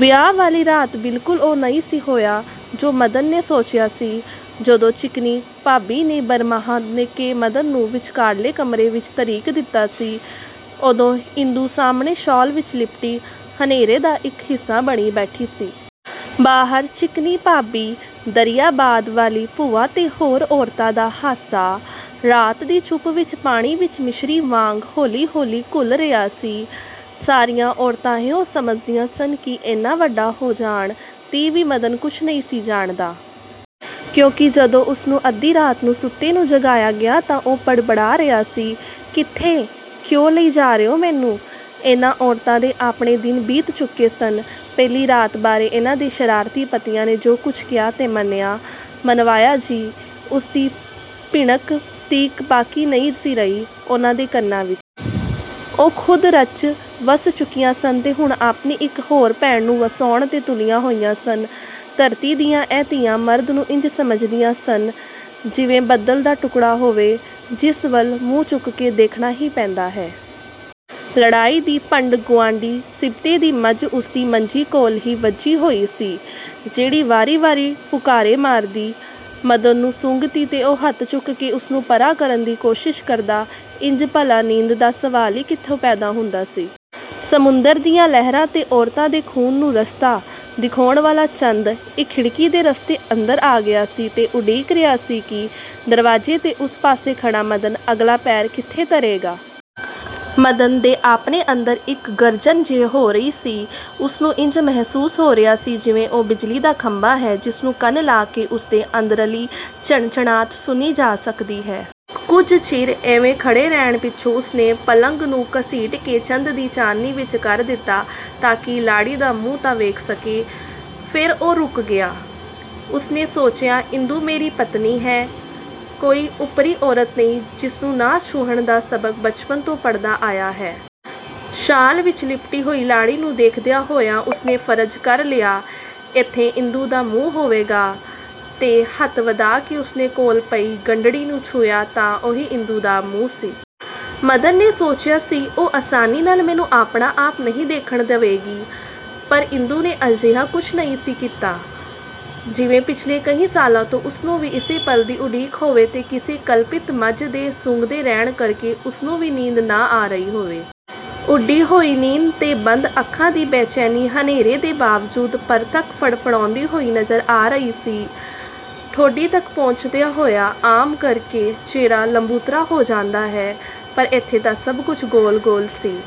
ਵਿਆਹ ਵਾਲੀ ਰਾਤ ਬਿਲਕੁਲ ਉਹ ਨਹੀਂ ਸੀ ਹੋਇਆ ਜੋ ਮਦਨ ਨੇ ਸੋਚਿਆ ਸੀ। ਜਦੋਂ ਚਿਕਨੀ ਭਾਬੀ ਨੇ ਭਰਮਾਅ ਕੇ ਮਦਨ ਨੂੰ ਵਿਚਕਾਰਲੇ ਕਮਰੇ ਵਿਚ ਧਰੀਕ ਦਿਤਾ ਸੀ, ਉਦੋਂ ਇੰਦੂ ਸਾਹਮਣੇ ਸ਼ਾਲ ਵਿਚ ਲਿਪਟੀ, ਹਨੇਰੇ ਦਾ ਇਕ ਹਿੱਸਾ ਬਣੀ ਬੈਠੀ ਸੀ। ਬਾਹਰ ਚਿਕਨੀ ਭਾਬੀ, ਦਰਿਆਬਾਦ ਵਾਲੀ ਭੂਆ ਤੇ ਹੋਰ ਔਰਤਾਂ ਦਾ ਹਾਸਾ, ਰਾਤ ਦੀ ਚੁੱਪ ਵਿਚ ਪਾਣੀ ਵਿਚ ਮਿਸ਼ਰੀ ਵਾਂਗ ਹੌਲੀ–ਹੌਲੀ ਘੁਲ ਰਿਹਾ ਸੀ। ਸਾਰੀਆਂ ਔਰਤਾਂ ਇਹੋ ਸਮਝਦੀਆਂ ਸਨ ਕਿ ਏਨਾ ਵੱਡਾ ਹੋ ਜਾਣ 'ਤੇ ਵੀ ਮਦਨ ਕੁਝ ਨਹੀਂ ਸੀ ਜਾਣਦਾ। ਕਿਉਂਕਿ ਜਦੋਂ ਉਸਨੂੰ ਅੱਧੀ ਰਾਤ ਨੂੰ ਸੁੱਤੇ ਨੂੰ ਜਗਾਇਆ ਗਿਆ ਤਾਂ ਉਹ ਬੜਬੜਾ ਰਿਹਾ ਸੀ-"ਕਿੱਥੇ, ਕਿਉਂ ਲਈ ਜਾ ਰਹੇ ਹੋ ਮੈਨੂੰ? " ਇਹਨਾਂ ਔਰਤਾਂ ਦੇ ਆਪਣੇ ਦਿਨ ਬੀਤ ਚੁੱਕੇ ਸਨ। ਪਹਿਲੀ ਰਾਤ ਬਾਰੇ ਇਹਨਾਂ ਦੇ ਸ਼ਰਾਰਤੀ ਪਤੀਆਂ ਨੇ ਜੋ ਕੁਝ ਕਿਹਾ ਤੇ ਮੰਨਿਆਂ–ਮਨਵਾਇਆ ਸੀ, ਉਸਦੀ ਭਿਣਕ ਤੀਕ ਬਾਕੀ ਨਹੀਂ ਸੀ ਰਹੀ ਉਹਨਾਂ ਦੇ ਕੰਨਾਂ ਵਿਚ। ਉਹ ਖ਼ੁਦ ਰਚ–ਵੱਸ ਚੁੱਕੀਆਂ ਸਨ ਤੇ ਹੁਣ ਆਪਣੀ ਇਕ ਹੋਰ ਭੈਣ ਨੂੰ ਵਸਾਉਣ 'ਤੇ ਤੁਲੀਆਂ ਹੋਈਆਂ ਸਨ। ਧਰਤੀ ਦੀਆਂ ਇਹ ਧੀਆਂ ਮਰਦ ਨੂੰ ਇੰਜ ਸਮਝਦੀਆਂ ਸਨ, ਜਿਵੇਂ ਬੱਦਲ ਦਾ ਟੁਕੜਾ ਹੋਵੇ, ਜਿਸ ਵੱਲ ਮੂੰਹ ਚੁੱਕ ਕੇ ਦੇਖਣਾ ਹੀ ਪੈਂਦਾ ਹੈ। ਲੜਾਈ ਦੀ ਪੰਡ ਗੁਆਂਢੀ ਸਿਬਤੇ ਦੀ ਮੱਝ ਉਸਦੀ ਮੰਜੀ ਕੋਲ ਹੀ ਵੱਝੀ ਹੋਈ ਸੀ, ਜਿਹੜੀ ਵਾਰੀ ਵਾਰੀ ਫੁਕਾਰੇ ਮਾਰਦੀ, ਮਦਨ ਨੂੰ ਸੁੰਘਦੀ ਤੇ ਉਹ ਹੱਥ ਚੁੱਕ ਕੇ ਉਸਨੂੰ ਪਰ੍ਹਾਂ ਕਰਨ ਦੀ ਕੋਸ਼ਿਸ਼ ਕਰਦਾ-ਇੰਜ ਭਲਾ ਨੀਂਦ ਦਾ ਸਵਾਲ ਹੀ ਕਿੱਥੇ ਪੈਦਾ ਹੁੰਦਾ ਸੀ? ਸਮੁੰਦਰ ਦੀਆਂ ਲਹਿਰਾਂ ਤੇ ਔਰਤਾਂ ਦੇ ਖ਼ੂਨ ਨੂੰ ਰਸਤਾ ਦਿਖਾਉਣ ਵਾਲਾ ਚੰਦ, ਇਕ ਖਿੜਕੀ ਦੇ ਰਸਤੇ ਅੰਦਰ ਆ ਗਿਆ ਸੀ ਤੇ ਉਡੀਕ ਰਿਹਾ ਸੀ ਕਿ ਦਰਵਾਜ਼ੇ ਦੇ ਉਸ ਪਾਸੇ ਖੜ੍ਹਾ ਮਦਨ ਅਗਲਾ ਪੈਰ ਕਿੱਥੇ ਧਰੇਗਾ? ਮਦਨ ਦੇ ਆਪਣੇ ਅੰਦਰ ਇਕ ਗਰਜਨ ਜਿਹੀ ਹੋ ਰਹੀ ਸੀ ਤੇ ਉਸਨੂੰ ਇੰਜ ਮਹਿਸੂਸ ਹੋ ਰਿਹਾ ਸੀ ਜਿਵੇਂ ਉਹ ਬਿਜਲੀ ਦਾ ਖੰਭਾ ਹੈ ਜਿਸਨੂੰ ਕੰਨ ਲਾ ਕੇ ਉਸਦੇ ਅੰਦਰਲੀ ਝਣਝਣਾਹਟ ਸੁਣੀ ਜਾ ਸਕਦੀ ਹੈ। ਕੁਝ ਚਿਰ ਇਵੇਂ ਖੜ੍ਹੇ ਰਹਿਣ ਪਿੱਛੋਂ ਉਸਨੇ ਪਲੰਘ ਨੂੰ ਘਸੀਟ ਕੇ ਚੰਦ ਦੀ ਚਾਨਣੀ ਵਿਚ ਕਰ ਦਿਤਾ ਤਾਂਕਿ ਲਾੜੀ ਦਾ ਮੂੰਹ ਤਾਂ ਵੇਖ ਸਕੇ। ਫੇਰ ਉਹ ਰੁਕ ਗਿਆ। ਉਸਨੇ ਸੋਚਿਆ ਇੰਦੂ ਮੇਰੀ ਪਤਨੀ ਹੈ, ਕੋਈ ਓਪਰੀ ਔਰਤ ਨਹੀਂ ਜਿਸਨੂੰ ਨਾ ਛੂਹਣ ਦਾ ਸਬਕ ਬਚਪਨ ਤੋਂ ਪੜ੍ਹਦਾ ਆਇਆ ਹੈ। ਸ਼ਾਲ ਵਿਚ ਲਿਪਟੀ ਹੋਈ ਲਾੜੀ ਨੂੰ ਦੇਖਦਿਆਂ ਹੋਇਆਂ ਉਸਨੇ ਫਰਜ਼ ਕਰ ਲਿਆ, ਇੱਥੇ ਇੰਦੂ ਦਾ ਮੂੰਹ ਹੋਵੇਗਾ, ਤੇ ਹੱਥ ਵਧਾਅ ਕੇ ਉਸਨੇ ਕੋਲ ਪਈ ਗੰਢੜੀ ਨੂੰ ਛੂਹਿਆ ਤਾਂ ਉਹੀ ਇੰਦੂ ਦਾ ਮੂੰਹ ਸੀ। ਮਦਨ ਨੇ ਸੋਚਿਆ ਸੀ ਉਹ ਆਸਾਨੀ ਨਾਲ ਮੈਨੂੰ ਆਪਣਾ ਆਪ ਨਹੀਂ ਦੇਖਣ ਦਵੇਗੀ, ਪਰ ਇੰਦੂ ਨੇ ਅਜਿਹਾ ਕੁਝ ਨਹੀਂ ਸੀ ਕੀਤਾ, ਜਿਵੇਂ ਪਿੱਛਲੇ ਕਈ ਸਾਲਾਂ ਤੋਂ ਉਸਨੂੰ ਵੀ ਇਸੇ ਪਲ ਦੀ ਉਡੀਕ ਹੋਵੇ-ਤੇ ਕਿਸੇ ਕਲਪਿਤ ਮੱਝ ਦੇ ਸੁੰਘਦੇ ਰਹਿਣ ਕਰਕੇ ਉਸਨੂੰ ਵੀ ਨੀਂਦ ਨਾ ਆ ਰਹੀ ਹੋਵੇ। ਉੱਡੀ ਹੋਈ ਨੀਂਦ ਤੇ ਬੰਦ ਅੱਖਾਂ ਦੀ ਬੇਚੈਨੀ ਹਨੇਰੇ ਦੇ ਬਾਵਜੂਦ ਪਰਤੱਖ ਫੜਫੜਾਉਂਦੀ ਹੋਈ ਨਜ਼ਰ ਆ ਰਹੀ ਸੀ। ਠੋਡੀ ਤਕ ਪਹੁੰਚਦਿਆਂ ਹੋਇਆਂ ਆਮ ਕਰਕੇ ਚਿਹਰਾ ਲੰਬੂਤਰਾ ਹੋ ਜਾਂਦਾ ਹੈ, ਪਰ ਇੱਥੇ ਤਾਂ ਸਭ ਕੁਝ ਗੋਲ ਗੋਲ ਸੀ।